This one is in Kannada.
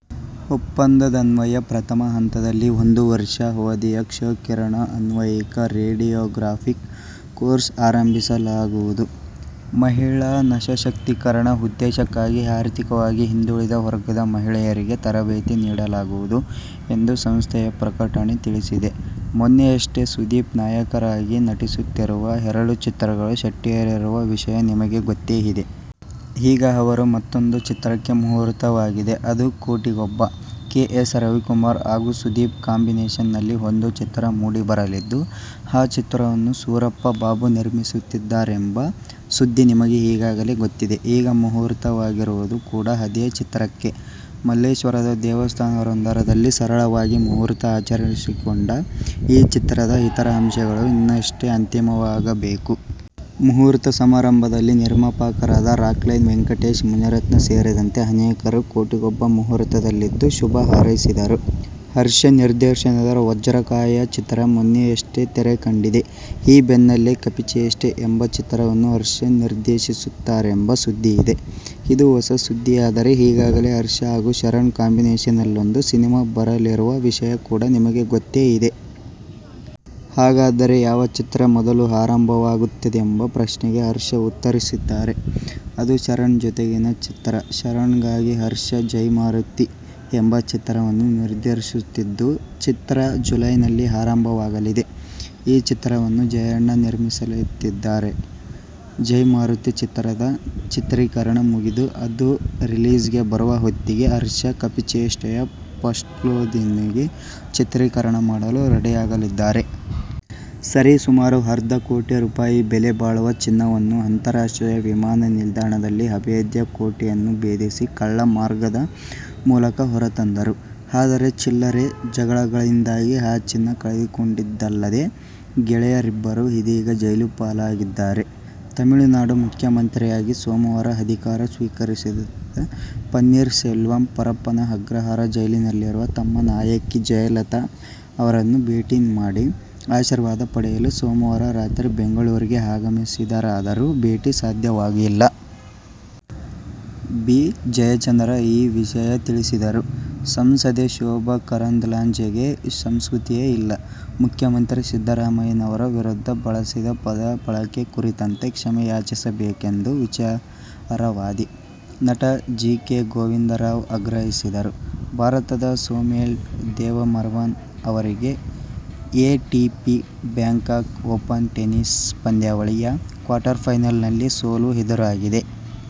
ಒಪ್ಪಂದದನ್ವಯ ಪ್ರಥಮ ಹಂತದಲ್ಲಿ ಒಂದು ವರ್ಷ ಅವಧಿಯ ಕ್ಷ-ಕಿರಣ ಆನ್ವಯಿಕ ರೇಡಿಯೋಗ್ರಾಫಿಕ್ ಕೋರ್ಸ್ ಆರಂಭಿಸಲಾಗುವುದು. ಮಹಿಳಾ ಸಶಕ್ತೀಕರಣ ಉದ್ದೇಶಕ್ಕಾಗಿ ಆರ್ಥಿಕವಾಗಿ ಹಿಂದುಳಿದ ವರ್ಗದ ಮಹಿಳೆಯರಿಗೆ ತರಬೇತಿ ನೀಡಲಾಗುವುದು ಎಂದು ಸಂಸ್ಥೆಯ ಪ್ರಕಟಣೆ ತಿಳಿಸಿದೆ. ಮೊನ್ನೆಯಷ್ಟೇ ಸುದೀಪ್ ನಾಯಕರಾಗಿ ನಟಿಸುತ್ತಿರುವ ಎರಡು ಚಿತ್ರಗಳು ಸೆಟ್ಟೇರಿರುವ ವಿಷಯ ನಿಮಗೆ ಗೊತ್ತೇ ಇದೆ. ಈಗ ಅವರ ಮತ್ತೂಂದು ಚಿತ್ರಕ್ಕೆ ಮುಹೂರ್ತವಾಗಿದೆ. ಅದು "ಕೋಟಿಗೊಬ್ಬ'. ಕೆ. ಎಸ್. ರವಿಕುಮಾರ್ ಹಾಗೂ ಸುದೀಪ್ ಕಾಂಬಿನೇಶನ್ನಲ್ಲಿ ಒಂದು ಚಿತ್ರ ಮೂಡಿಬರಲಿದ್ದು, ಆ ಚಿತ್ರವನ್ನು ಸೂರಪ್ಪ ಬಾಬು ನಿರ್ಮಿಸುತ್ತಿದ್ದಾರೆಂಬ ಸುದ್ದಿ ನಿಮಗೆ ಈಗಾಗಲೇ ಗೊತ್ತಿದೆ. ಈಗ ಮುಹೂರ್ತವಾಗಿರುವುದು ಕೂಡಾ ಅದೇ ಚಿತ್ರಕ್ಕೆ. ಮಲ್ಲೇಶ್ವರದ ದೇವಸ್ಥಾನವೊಂದರಲ್ಲಿ ಸರಳವಾಗಿ ಮುಹೂರ್ತ ಆಚರಿಸಿಕೊಂಡ ಈ ಚಿತ್ರದ ಇತರ ಅಂಶಗಳು ಇನ್ನಷ್ಟೇ ಅಂತಿಮವಾಗಬೇಕು. ಮುಹೂರ್ತ ಸಮಾರಂಭದಲ್ಲಿ ನಿರ್ಮಾಪಕರಾದ ರಾಕ್ಲೈನ್ ವೆಂಕಟೇಶ್, ಮುನಿರತ್ನ ಸೇರಿದಂತೆ ಅನೇಕರು "ಕೋಟಿಗೊಬ್ಬ' ಮುಹೂರ್ತದಲ್ಲಿದ್ದು ಶುಭ ಹಾರೈಸಿದರು. ಹರ್ಷ ನಿರ್ದೇಶನದ "ವಜ್ರಕಾಯ' ಚಿತ್ರ ಮೊನ್ನೆಯಷ್ಟೇ ತೆರೆಕಂಡಿದೆ. ಈ ಬೆನ್ನಲ್ಲೇ "ಕಪಿಚೇಷ್ಟೆ' ಎಂಬ ಚಿತ್ರವನ್ನು ಹರ್ಷ ನಿರ್ದೇಶಿಸುತ್ತಾರೆಂಬ ಸುದ್ದಿಯಿದೆ. ಇದು ಹೊಸ ಸುದ್ದಿಯಾದರೆ ಈಗಾಗಲೇ ಹರ್ಷ ಹಾಗೂ ಶರಣ್ ಕಾಂಬಿನೇಶನ್ನಲ್ಲೊಂದು ಸಿನಿಮಾ ಬರಲಿರುವ ವಿಷಯ ಕೂಡಾ ನಿಮಗೆ ಗೊತ್ತೇ ಇದೆ. ಹಾಗಾದರೆ ಯಾವ ಚಿತ್ರ ಮೊದಲು ಆರಂಭವಾಗುತ್ತದೆಂಬ ಪ್ರಶ್ನೆಗೆ ಹರ್ಷ ಉತ್ತರಿಸಿದ್ದಾರೆ. ಅದು ಶರಣ್ ಜೊತೆಗಿನ ಚಿತ್ರ. ಶರಣ್ಗಾಗಿ ಹರ್ಷ "ಜೈ ಮಾರುತಿ ' ಎಂಬ ಚಿತ್ರವನ್ನು ನಿರ್ದೇಶಿಸುತ್ತಿದ್ದು, ಚಿತ್ರ ಜುಲೈಯಲ್ಲಿ ಆರಂಭವಾಗಲಿದೆ. ಈ ಚಿತ್ರವನ್ನು ಜಯಣ್ಣ ನಿರ್ಮಿಸಲಿದ್ದಾರಂತೆ. "ಜೈ ಮಾರುತಿ ' ಚಿತ್ರದ ಚಿತ್ರೀಕರಣ ಮುಗಿದು, ಅದು ರಿಲೀಸ್ಗೆ ಬರುವ ಹೊತ್ತಿಗೆ ಹರ್ಷ "ಕಪಿಚೇಷ್ಟೆ'ಯ ಫಸ್ಟ್ಲುಕ್ನೊಂದಿಗೆ ಚಿತ್ರೀಕರಣ ಮಾಡಲು ರೆಡಿಯಾಗಲಿದ್ದಾರೆ. ಸರಿ ಸುಮಾರು ಅರ್ಧ ಕೋಟಿ ರೂ. ಬೆಲೆ ಬಾಳುವ ಚಿನ್ನವನ್ನುಅಂತಾರಾಷ್ಟ್ರೀಯ ವಿಮಾನ ನಿಲ್ದಾಣದ ಅಭೇದ್ಯ ಕೋಟೆಯನ್ನು ಭೇದಿಸಿ ಕಳ್ಳ ಮಾರ್ಗದ ಮೂಲಕ ಹೊರತಂದರು. ಆದರೆ "ಚಿಲ್ಲರೆ' ಜಗಳದಿಂದಾಗಿ ಆ ಚಿನ್ನ ಕಳೆದುಕೊಂಡಿದ್ದಲ್ಲದೆ, ಗೆಳೆಯರಿಬ್ಬರು ಇದೀಗ ಜೈಲುಪಾಲಾಗಿದ್ದಾರೆ! ತಮಿಳುನಾಡು ಮುಖ್ಯಮಂತ್ರಿಯಾಗಿ ಸೋಮವಾರ ಅಧಿಕಾರ ಸ್ವೀಕರಿಸಿದ ಪನ್ನೀರ್ ಸೆಲ್ವಂ ಪರಪ್ಪನ ಅಗ್ರಹಾರ ಜೈಲಿನಲ್ಲಿರುವ ತಮ್ಮ ನಾಯಕಿ ಜಯಲಲಿತಾ ಅವರನ್ನು ಭೇಟಿ ಮಾಡಿ ಆಶೀರ್ವಾದ ಪಡೆಯಲು ಸೋಮವಾರ ರಾತ್ರಿ ಬೆಂಗಳೂರಿಗೆ ಆಗಮಿಸಿದರಾದರೂ ಭೇಟಿ ಸಾಧ್ಯವಾಗಿಲ್ಲ. ಬಿ. ಜಯಚಂದ್ರ ಈ ವಿಷಯ ತಿಳಿಸಿದರು. ಸಂಸದೆ ಶೋಭಾ ಕರಂದ್ಲಾಜೆಗೆ ಸಂಸ್ಕೃತಿಯೇ ಇಲ್ಲ. ಮುಖ್ಯಮಂತ್ರಿ ಸಿದ್ದರಾಮಯ್ಯನವರ ವಿರುದ್ಧ ಬಳಸಿದ ಪದ ಬಳಕೆ ಕುರಿತಂತೆ ಕ್ಷಮೆಯಾಚಿಸಬೇಕೆಂದು ವಿಚಾರವಾದಿ, ನಟ ಜಿಕೆ ಗೋವಿಂದರಾವ್ ಆಗ್ರಹಿಸಿದರು. ಭಾರತದ ಸೋಮ್ದೇವ್ ದೇವವರ್ಮನ್ ಅವರಿಗೆ "ಎಟಿಪಿ ಬ್ಯಾಂಕಾಕ್ ಓಪನ್ ಟೆನಿಸ್ ಪಂದ್ಯಾವಳಿ'ಯ ಕ್ವಾರ್ಟರ್ ಫೈನಲ್ನಲ್ಲಿ ಸೋಲು ಎದುರಾಗಿದೆ.